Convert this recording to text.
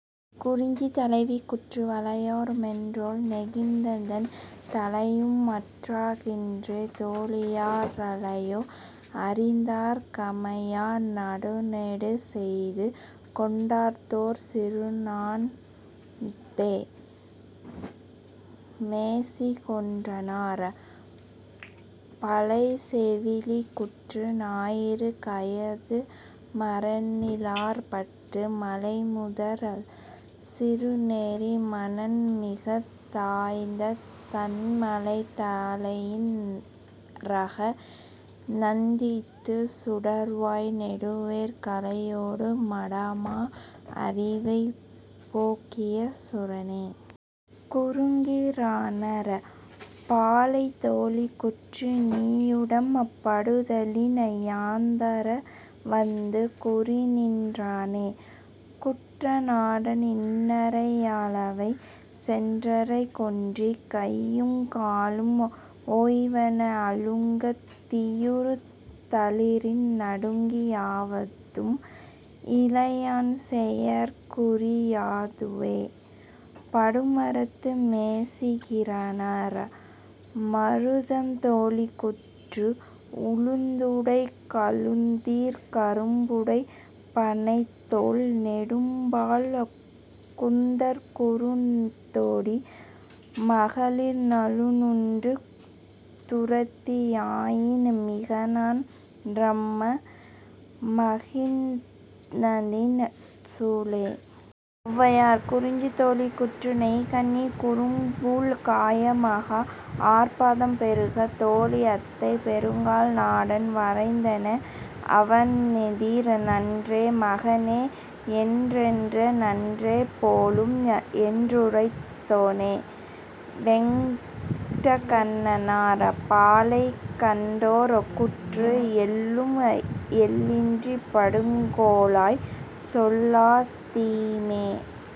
குறிஞ்சி தலைவி கூற்று வளையேர் மென்றோள் ஞெகிழ்ந்ததன் தலையும் மாற்றா கின்றே தோழியாற் றலையே அறிதற் கமையா நாடனொடு செய்து கொண்டதோர் சிறுநன் னட்பே. -மோசி கொற்றனார்.. பாலை செவிலி கூற்று ஞாயிறு காயாது மரநிழற் பட்டு மலைமுதற் சிறுநெறி மணன்மிகத் தாஅய்த் தண்மழை தலையின் றாக நந்நீத்துச் சுடர்வாய் நெடுவேற் காளையொடு மடமா அரிவை போகிய சுரனே. -குறுங்கீரனார்.. பாலை தோழி கூற்று நீயுடம் படுதலின் யான்தர வந்து குறிநின் றனனே குன்ற நாடன் இன்றை யளவை சென்றைக் கென்றி கையுங் காலும் ஓய்வன அழுங்கத் தீயுறு தளிரின் நடுங்கி யாவதும் இலையான் செயற்குரி யதுவே. -படுமரத்து மோசிகீரனார்.. மருதம் தோழி கூற்று உழுந்துடைக் கழுந்திற் கரும்புடைப் பணைத்தோள் நெடும்பல் கூந்தற் குறுந்தொடி மகளிர் நலனுண்டு துறத்தி யாயின் மிகநன் றம்ம மகிழ்நநின் சூளே. -ஔவையார்.. குறிஞ்சி தோழி கூற்று நெய்கனி குறும்பூழ் காய மாக ஆர்பதம் பெறுக தோழி அத்தை பெருங்கல் நாடன் வரைந்தென அவனெதிர் நன்றோ மகனே யென்றனென் நன்றே போலும் என்றுரைத் தோனே. -வேட்டகண்ணனார்.. பாலை கண்டோர் கூற்று எல்லும் எல்லின்று பாடுங் கேளாய் செல்லா தீமோ